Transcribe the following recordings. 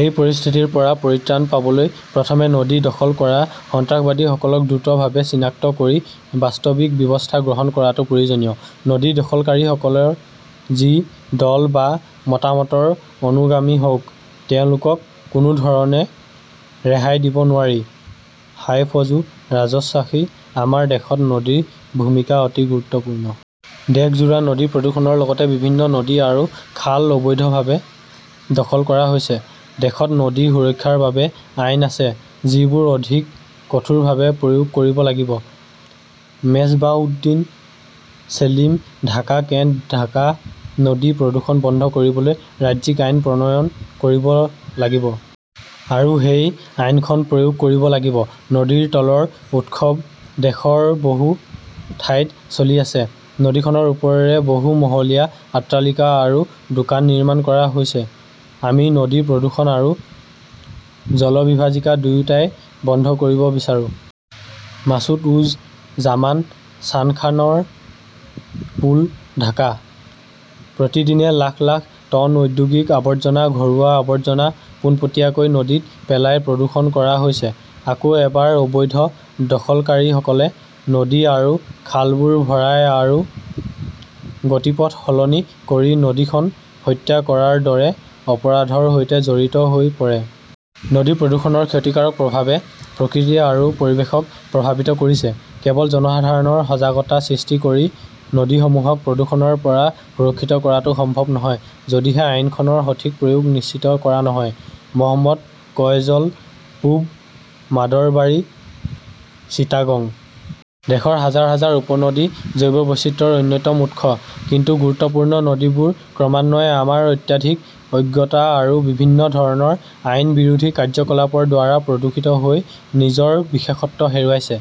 এই পৰিস্থিতিৰ পৰা পৰিত্ৰাণ পাবলৈ প্ৰথমে নদী দখল কৰা সন্ত্ৰাসবাদীসকলক দ্ৰুতভাৱে চিনাক্ত কৰি বাস্তৱিক ব্যৱস্থা গ্ৰহণ কৰাটো প্ৰয়োজনীয়। নদী দখলকাৰীসকল যি দল বা মতামতৰ অনুগামী হওক, তেওঁলোকক কোনো ধৰণে ৰেহাই দিব নোৱাৰি। হাইফজু ৰাজশ্বাহী আমাৰ দেশত নদীৰ ভূমিকা অতি গুৰুত্বপূৰ্ণ। দেশজোৰা নদী প্ৰদূষণৰ লগতে বিভিন্ন নদী আৰু খাল অবৈধভাৱে দখল কৰা হৈছে। দেশত নদী সুৰক্ষাৰ বাবে আইন আছে, যিবোৰ অধিক কঠোৰভাৱে প্ৰয়োগ কৰিব লাগিব। মেজবাহউদ্দিন ছেলিম ঢাকা কেণ্ট ঢাকা নদী প্ৰদূষণ বন্ধ কৰিবলৈ ৰাজ্যিক আইন প্ৰণয়ন কৰিব লাগিব। আৰু সেই আইনখন প্ৰয়োগ কৰিব লাগিব। নদীৰ তলৰ উৎসৱ দেশৰ বহু ঠাইত চলি আছে। নদীখনৰ ওপৰেৰে বহু মহলীয়া অট্টালিকা আৰু দোকান নিৰ্মাণ কৰা হৈছে। আমি নদী প্ৰদূষণ আৰু জলবিভাজিকা দুয়োটাই বন্ধ কৰিব বিচাৰো। মাসুদ উজ জামান চানখানৰ পুল ঢাকা। প্ৰতিদিনে লাখ লাখ টন ঔদ্যোগিক আৱৰ্জনা, ঘৰুৱা আৱৰ্জনা পোনপটীয়াকৈ নদীত পেলাই প্ৰদূষণ কৰা হৈছে। আকৌ এবাৰ অবৈধ দখলকাৰীসকলে নদী আৰু খালবোৰ ভৰাই আৰু গতিপথ সলনি কৰি নদীখন হত্যা কৰাৰ দৰে অপৰাধৰ সৈতে জড়িত হৈ পৰে। নদী প্ৰদূষণৰ ক্ষতিকাৰক প্ৰভাৱে প্ৰকৃতি আৰু পৰিৱেশক প্ৰভাৱিত কৰিছে। কেৱল জনসাধাৰণৰ সজাগতা সৃষ্টি কৰি নদীসমূহক প্ৰদূষণৰ পৰা সুৰক্ষিত কৰাটো সম্ভৱ নহয় যদিহে আইনখনৰ সঠিক প্ৰয়োগ নিশ্চিত কৰা নহয়। মহম্মদ ফয়জল পূব মাদৰবাৰী, চিটাগং। দেশৰ হাজাৰ হাজাৰ উপনদী জৈৱ বৈচিত্ৰ্যৰ অন্যতম উৎস, কিন্তু গুৰুত্বপূৰ্ণ নদীবোৰ ক্ৰমান্বয়ে আমাৰ অত্যাধিক অজ্ঞতা আৰু বিভিন্ন ধৰণৰ আইন বিৰোধী কাৰ্যকলাপৰ দ্বাৰা প্ৰদূষিত হৈ নিজৰ বিশেষত্ব হেৰুৱাইছে।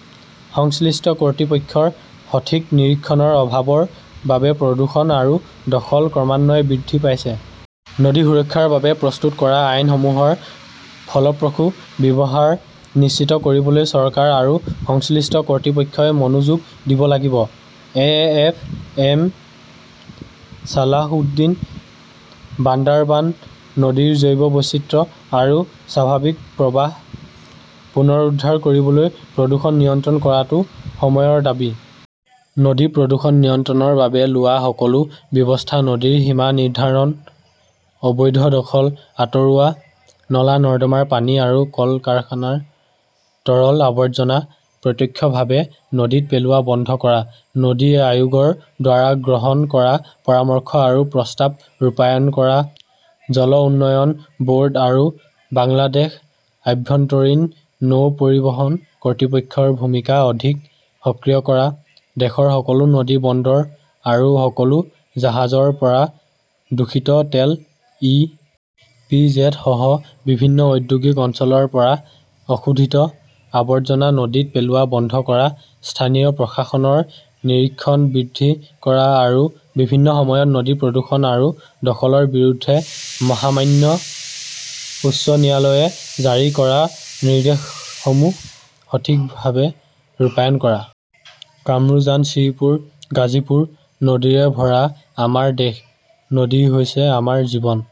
সংশ্লিষ্ট কৰ্তৃপক্ষৰ সঠিক নিৰীক্ষণৰ অভাৱৰ বাবে প্ৰদূষণ আৰু দখল ক্ৰমান্বয়ে বৃদ্ধি পাইছে। নদী সুৰক্ষাৰ বাবে প্ৰস্তুত কৰা আইনসমূহৰ ফলপ্ৰসূ ব্যৱহাৰ নিশ্চিত কৰিবলৈ চৰকাৰ আৰু সংশ্লিষ্ট কৰ্তৃপক্ষই মনোযোগ দিব লাগিব। A. F. M. Salahuddin Bandarban নদীৰ জৈৱ বৈচিত্ৰ্য আৰু স্বাভাৱিক প্ৰৱাহ পুনৰুদ্ধাৰ কৰিবলৈ প্ৰদূষণ নিয়ন্ত্ৰণ কৰাটো সময়ৰ দাবী। নদী প্ৰদূষণ নিয়ন্ত্ৰণৰ বাবে লোৱা সকলো ব্যৱস্থা-নদীৰ সীমা নিৰ্ধাৰণ, অবৈধ দখল আঁতৰোৱা, নলা-নৰ্দমাৰ পানী আৰু কলকাৰকানাৰ তৰল আৱৰ্জনা প্ৰত্যক্ষভাৱে নদীত পেলোৱা বন্ধ কৰা, নদী আয়োগৰ দ্বাৰা গ্ৰহণ কৰা পৰামৰ্শ আৰু প্ৰস্তাৱ ৰূপায়ণ কৰা, জল উন্নয়ন ব'ৰ্ড আৰু বাংলাদেশ আভ্যন্তৰীণ নৌ পৰিবহণ কৰ্তৃপক্ষৰ ভূমিকা অধিক সক্ৰিয় কৰা, দেশৰ সকলো নদী বন্দৰ আৰু সকলো জাহাজৰ পৰা দূষিত তেল, ই. পি. জেড. সহ বিভিন্ন ঔদ্যোগিক অঞ্চলৰ পৰা অশোধিত আৱৰ্জনা নদীত পেলোৱা বন্ধ কৰা, স্থানীয় প্ৰশাসনৰ নিৰীক্ষণ বৃদ্ধি কৰা আৰু বিভিন্ন সময়ত নদী প্ৰদূষণ আৰু দখলৰ বিৰুদ্ধে মহামান্য উচ্চ ন্যায়ালয়ে জাৰি কৰা নিৰ্দেশসমূহ সঠিকভাৱে ৰূপায়ণ কৰা। কামৰুজান শ্ৰীপুৰ, গাজীপুৰ। নদীৰে ভৰা আমাৰ দেশ। নদী হৈছে আমাৰ জীৱন।